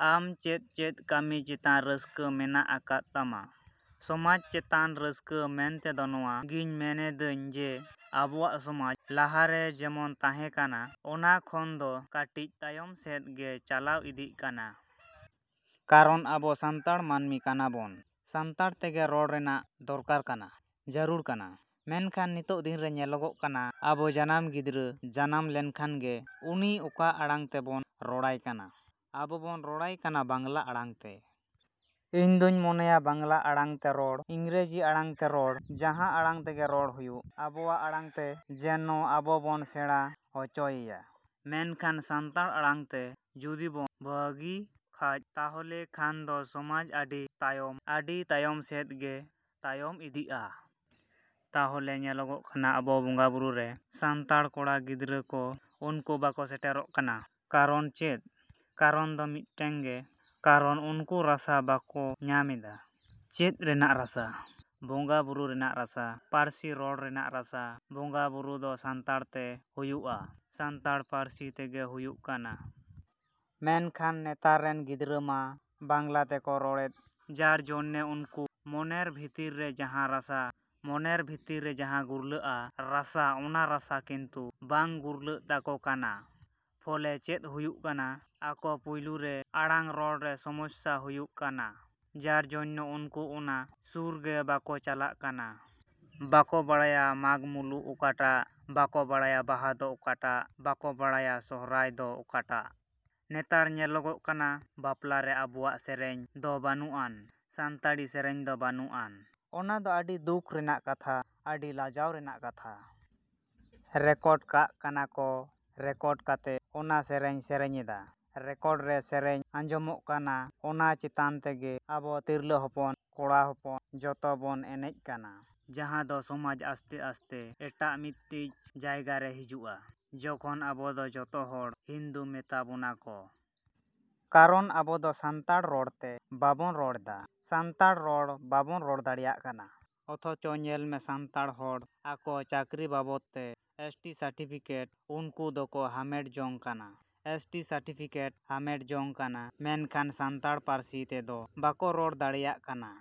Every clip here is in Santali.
‎ᱟᱢ ᱪᱮᱫ ᱪᱮᱫ ᱠᱟᱹᱢᱤ ᱪᱮᱛᱟᱱ ᱨᱟᱹᱥᱠᱟᱹ ᱢᱮᱱᱟᱜ ᱟᱠᱟᱫ ᱛᱟᱢᱟ? ᱥᱚᱢᱟᱡᱽ ᱪᱮᱛᱟᱱ ᱨᱟᱹᱥᱠᱟᱹ ᱢᱮᱱᱛᱮᱫᱚ ᱱᱚᱣᱟ ᱜᱮᱧ ᱢᱮᱱᱮᱫᱟᱹᱧ ᱡᱮ ᱟᱵᱚᱣᱟᱜ ᱥᱚᱢᱟᱡᱽ ᱞᱟᱦᱟ ᱨᱮ ᱡᱮᱢᱚᱱ ᱛᱟᱦᱮᱸ ᱠᱟᱱᱟ ᱚᱱᱟ ᱠᱷᱚᱱ ᱫᱚ ᱠᱟᱹᱴᱤᱡ ᱛᱟᱭᱚᱢ ᱥᱮᱫ ᱜᱮ ᱪᱟᱞᱟᱣ ᱤᱫᱤᱜ ᱠᱟᱱᱟ᱾ ᱠᱟᱨᱚᱱ ᱟᱵᱚ ᱥᱟᱱᱛᱟᱲ ᱢᱟᱹᱱᱢᱤ ᱠᱟᱱᱟ ᱵᱚᱱ, ᱥᱟᱱᱛᱟᱲ ᱛᱮᱜᱮ ᱨᱚᱲ ᱨᱮᱱᱟᱜ ᱫᱚᱨᱠᱟᱨ ᱠᱟᱱᱟ, ᱡᱟᱹᱨᱩᱲ ᱠᱟᱱᱟ᱾ ᱢᱮᱱᱠᱷᱟᱱ ᱱᱤᱛᱚᱜ ᱫᱤᱱ ᱨᱮ ᱧᱮᱞᱚᱜᱚᱜ ᱠᱟᱱᱟ ᱟᱵᱚ ᱡᱟᱱᱟᱢ ᱜᱤᱫᱽᱨᱟᱹ ᱡᱟᱱᱟᱢ ᱞᱮᱱᱠᱷᱟᱱ ᱜᱮ ᱩᱱᱤ ᱚᱠᱟ ᱟᱲᱟᱝ ᱛᱮᱵᱚᱱ ᱨᱚᱲᱟᱭ ᱠᱟᱱᱟ? ᱟᱵᱚ ᱵᱚᱱ ᱨᱚᱲᱟᱭ ᱠᱟᱱᱟ ᱵᱟᱝᱞᱟ ᱟᱲᱟᱝ ᱛᱮ᱾ ᱤᱧᱫᱩᱧ ᱢᱮᱱᱮᱫᱟ ᱵᱟᱝᱞᱟ ᱟᱲᱟᱝ ᱛᱮ ᱨᱚᱲ, ᱤᱝᱨᱮᱡᱤ ᱟᱲᱟᱝ ᱛᱮ ᱨᱚᱲ, ᱡᱟᱦᱟᱸ ᱟᱲᱟᱝ ᱛᱮᱜᱮ ᱨᱚᱲ ᱦᱩᱭᱩᱜ, ᱟᱵᱚᱣᱟᱜ ᱟᱲᱟᱝ ᱛᱮ ᱡᱮᱱᱚ ᱟᱵᱚ ᱵᱚᱱ ᱥᱮᱬᱟ ᱦᱚᱪᱚᱭᱮᱢᱟ᱾ ᱢᱮᱱᱠᱷᱟᱱ ᱥᱟᱱᱛᱟᱲ ᱟᱲᱟᱝ ᱛᱮ ᱡᱩᱫᱤ ᱵᱚᱱ ᱵᱷᱟᱹᱜᱤ ᱠᱷᱟᱡ ᱛᱟᱦᱚᱞᱮ ᱠᱷᱟᱱᱫᱚ ᱥᱚᱢᱟᱡᱽ ᱟᱹᱰᱤ ᱛᱟᱭᱚᱢ, ᱟᱹᱰᱤ ᱛᱟᱭᱚᱢ ᱥᱮᱫ ᱜᱮ ᱛᱟᱭᱚᱢ ᱤᱫᱤᱜᱼᱟ᱾ ᱛᱮᱦᱮᱧ ᱧᱮᱞᱚᱜᱚᱜ ᱠᱟᱱᱟ ᱟᱵᱚ ᱵᱚᱸᱜᱟ ᱵᱩᱨᱩ ᱨᱮ ᱥᱟᱱᱛᱟᱲ ᱠᱚᱲᱟ ᱜᱤᱫᱽᱨᱟᱹ ᱠᱚ ᱩᱱᱠᱩ ᱵᱟᱠᱚ ᱥᱮᱴᱮᱨᱚᱜ ᱠᱟᱱᱟ᱾ ᱠᱟᱨᱚᱱ ᱪᱮᱫ? ᱠᱟᱨᱚᱱ ᱫᱚ ᱢᱤᱫᱴᱟᱹᱝ ᱜᱮ ᱠᱟᱨᱚᱱ ᱩᱱᱠᱩ ᱨᱟᱥᱟ ᱵᱟᱠᱚ ᱧᱟᱢᱮᱫᱟ᱾ ᱪᱮᱫ ᱨᱮᱱᱟᱜ ᱨᱟᱥᱟ? ᱵᱚᱸᱜᱟ ᱵᱩᱨᱩ ᱨᱮᱱᱟᱜ ᱨᱟᱥᱟ, ᱯᱟᱹᱨᱥᱤ ᱨᱚᱲ ᱨᱮᱱᱟᱜ ᱨᱟᱥᱟ ᱵᱚᱸᱜᱟ ᱵᱩᱨᱩ ᱫᱚ ᱥᱟᱱᱛᱟᱲ ᱛᱮ ᱦᱩᱭᱩᱜᱼᱟ, ᱥᱟᱱᱛᱟᱲ ᱯᱟᱹᱨᱥᱤ ᱛᱮᱜᱮ ᱦᱩᱭᱩᱜ ᱠᱟᱱᱟ᱾ ᱢᱮᱱᱠᱷᱟᱱ ᱱᱮᱛᱟᱨ ᱨᱮᱱ ᱜᱤᱫᱽᱨᱟᱹ ᱢᱟ ᱵᱟᱝᱞᱟ ᱛᱮᱠᱚ ᱨᱚᱲᱮᱫ ᱡᱟᱨᱡᱚᱱᱱᱮ ᱩᱱᱠᱩ ᱢᱚᱱᱮᱨ ᱵᱷᱤᱛᱨᱤ ᱨᱮ ᱡᱟᱦᱟᱸ ᱨᱟᱥᱟ, ᱢᱚᱱᱮᱨ ᱵᱷᱤᱛᱨᱤ ᱨᱮ ᱡᱟᱦᱟᱸ ᱜᱩᱨᱞᱟᱹᱜᱼᱟ ᱨᱟᱥᱟ ᱚᱱᱟ ᱨᱟᱥᱟ ᱠᱤᱱᱛᱩ ᱵᱟᱝ ᱜᱩᱨᱞᱟᱹᱜ ᱛᱟᱠᱚ ᱠᱟᱱᱟ᱾ ᱯᱷᱚᱞᱮ ᱪᱮᱫ ᱦᱩᱭᱩᱜ ᱠᱟᱱᱟ? ᱟᱠᱚ ᱯᱩᱭᱞᱩ ᱨᱮ ᱟᱲᱟᱝ ᱨᱚᱲ ᱨᱮ ᱥᱚᱢᱚᱥᱥᱟ ᱦᱩᱭᱩᱜ ᱠᱟᱱᱟ ᱡᱟᱨᱡᱚᱱᱱᱚ ᱩᱱᱠᱩ ᱚᱱᱟ ᱥᱩᱨ ᱜᱮ ᱵᱟᱠᱚ ᱪᱟᱞᱟᱜ ᱠᱟᱱᱟ᱾ ᱵᱟᱠᱚ ᱵᱟᱲᱟᱭᱟ ᱢᱟᱜᱽᱢᱩᱞᱩᱜ ᱚᱠᱟᱴᱟᱜ, ᱵᱟᱠᱚ ᱵᱟᱲᱟᱭᱟ ᱵᱟᱦᱟ ᱫᱚ ᱚᱠᱟᱴᱟᱜ, ᱵᱟᱠᱚ ᱵᱟᱲᱟᱭᱟ ᱥᱚᱦᱨᱟᱭ ᱫᱚ ᱚᱠᱟᱴᱟᱜ᱾ ᱱᱮᱛᱟᱨ ᱧᱮᱞᱚᱜᱚᱜ ᱠᱟᱱᱟ ᱵᱟᱯᱞᱟ ᱨᱮ ᱟᱵᱚᱣᱟᱜ ᱥᱮᱨᱮᱧ ᱫᱚ ᱵᱟᱹᱱᱩᱜᱼᱟᱱ, ᱥᱟᱱᱛᱟᱲᱤ ᱥᱮᱨᱮᱧ ᱫᱚ ᱵᱟᱹᱱᱩᱜᱼᱟᱱ᱾ ᱚᱱᱟ ᱫᱚ ᱟᱹᱰᱤ ᱫᱩᱠ ᱨᱮᱱᱟᱜ ᱠᱟᱛᱷᱟ, ᱟᱹᱰᱤ ᱞᱟᱡᱟᱣ ᱨᱮᱭᱟᱜ ᱠᱟᱛᱷᱟ᱾ ᱨᱮᱠᱚᱰ ᱠᱟᱜ ᱠᱟᱱᱟ ᱠᱚ, ᱨᱮᱠᱚᱰ ᱠᱟᱛᱮ ᱚᱱᱟ ᱥᱮᱨᱮᱧ ᱥᱮᱨᱮᱧᱮᱫᱟ᱾ ᱨᱮᱠᱚᱰ ᱨᱮ ᱥᱮᱨᱮᱧ ᱟᱸᱡᱚᱢᱚᱜ ᱠᱟᱱᱟ ᱚᱱᱟ ᱪᱮᱛᱟᱱ ᱛᱮᱜᱮ ᱟᱵᱚ ᱛᱤᱨᱞᱟᱹ ᱦᱚᱯᱚᱱ, ᱠᱚᱲᱟ ᱦᱚᱯᱚᱱ ᱡᱚᱛᱚ ᱵᱚᱱ ᱮᱱᱮᱡ ᱠᱟᱱᱟ᱾ ᱡᱟᱦᱟᱸ ᱫᱚ ᱥᱚᱢᱟᱡᱽ ᱟᱥᱛᱮᱼᱟᱥᱛᱮ ᱮᱢᱚᱱ ᱢᱤᱫᱴᱤᱡ ᱡᱟᱭᱜᱟ ᱨᱮ ᱦᱤᱡᱩᱜᱼᱟ ᱡᱚᱠᱷᱚᱱ ᱟᱵᱚ ᱫᱚ ᱡᱚᱛᱚ ᱦᱚᱲ ᱦᱤᱱᱫᱩ ᱢᱮᱛᱟ ᱵᱚᱱᱟ ᱠᱚ᱾ ᱠᱟᱨᱚᱱ ᱟᱵᱚᱫᱚ ᱥᱟᱱᱛᱟᱲ ᱨᱚᱲ ᱛᱮ ᱵᱟᱵᱚᱱ ᱨᱚᱲ ᱫᱟ, ᱥᱟᱱᱛᱟᱲ ᱨᱚᱲ ᱵᱟᱵᱚᱱ ᱨᱚᱲ ᱫᱟᱲᱮᱭᱟᱜ ᱠᱟᱱᱟ᱾ ᱚᱛᱷᱚᱪᱚ ᱧᱮᱞᱢᱮ ᱥᱟᱱᱛᱟᱲ ᱦᱚᱲ ᱟᱠᱚ ᱪᱟᱹᱠᱨᱤ ᱵᱟᱵᱚᱛ ᱛᱮ ᱮᱥ. ᱴᱤ. ᱥᱟᱨᱴᱤᱯᱷᱤᱠᱮᱴ ᱩᱱᱠᱩ ᱫᱚᱠᱚ ᱦᱟᱢᱮᱴ ᱡᱚᱝ ᱠᱟᱱᱟ᱾ ᱮᱥ. ᱴᱤ. ᱥᱟᱨᱴᱤᱯᱷᱤᱠᱮᱴ ᱦᱟᱢᱮᱴ ᱡᱚᱝ ᱠᱟᱱᱟ ᱢᱮᱱᱠᱷᱟᱱ ᱥᱟᱱᱛᱟᱲ ᱯᱟᱹᱨᱥᱤ ᱛᱮᱫᱚ ᱵᱟᱠᱚ ᱨᱚᱲ ᱫᱟᱲᱮᱭᱟᱜ ᱠᱟᱱᱟ᱾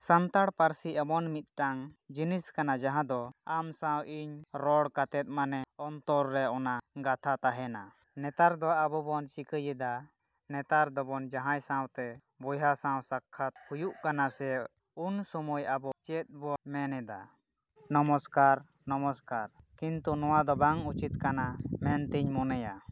ᱥᱟᱱᱛᱟᱲ ᱯᱟᱹᱨᱥᱤ ᱮᱢᱚᱱ ᱢᱤᱫᱴᱟᱝ ᱡᱤᱱᱤᱥ ᱠᱟᱱᱟ ᱡᱟᱦᱟᱸ ᱫᱚ ᱟᱢ ᱥᱟᱶ ᱤᱧ ᱨᱚᱲ ᱠᱟᱛᱮᱫ ᱢᱚᱱᱮ ᱚᱱᱛᱚᱨ ᱨᱮ ᱚᱱᱟ ᱜᱟᱛᱷᱟ ᱛᱟᱦᱮᱱᱟ᱾ ᱱᱮᱛᱟᱨ ᱫᱚ ᱟᱵᱚᱼᱵᱚᱱ ᱪᱤᱠᱟᱹᱭᱮᱫᱟ? ᱱᱮᱛᱟᱨ ᱫᱚᱵᱚᱱ ᱡᱟᱦᱟᱸᱭ ᱥᱟᱶᱛᱮ ᱵᱚᱭᱦᱟ ᱥᱟᱶ ᱥᱟᱠᱠᱷᱟᱛ ᱦᱩᱭᱩᱜ ᱠᱟᱱᱟ ᱥᱮ ᱩᱱ ᱥᱚᱢᱚᱭ ᱟᱵᱚ ᱪᱮᱫ ᱵᱚᱱ ᱢᱮᱱᱮᱫᱟ? ᱱᱚᱢᱚᱥᱠᱟᱨ, ᱱᱚᱢᱚᱥᱠᱟᱨ᱾ ᱠᱤᱱᱛᱩ ᱱᱚᱣᱟ ᱫᱚ ᱵᱟᱝ ᱩᱪᱤᱛ ᱠᱟᱱᱟ ᱢᱮᱱᱛᱮᱧ ᱢᱚᱱᱮᱭᱟ᱾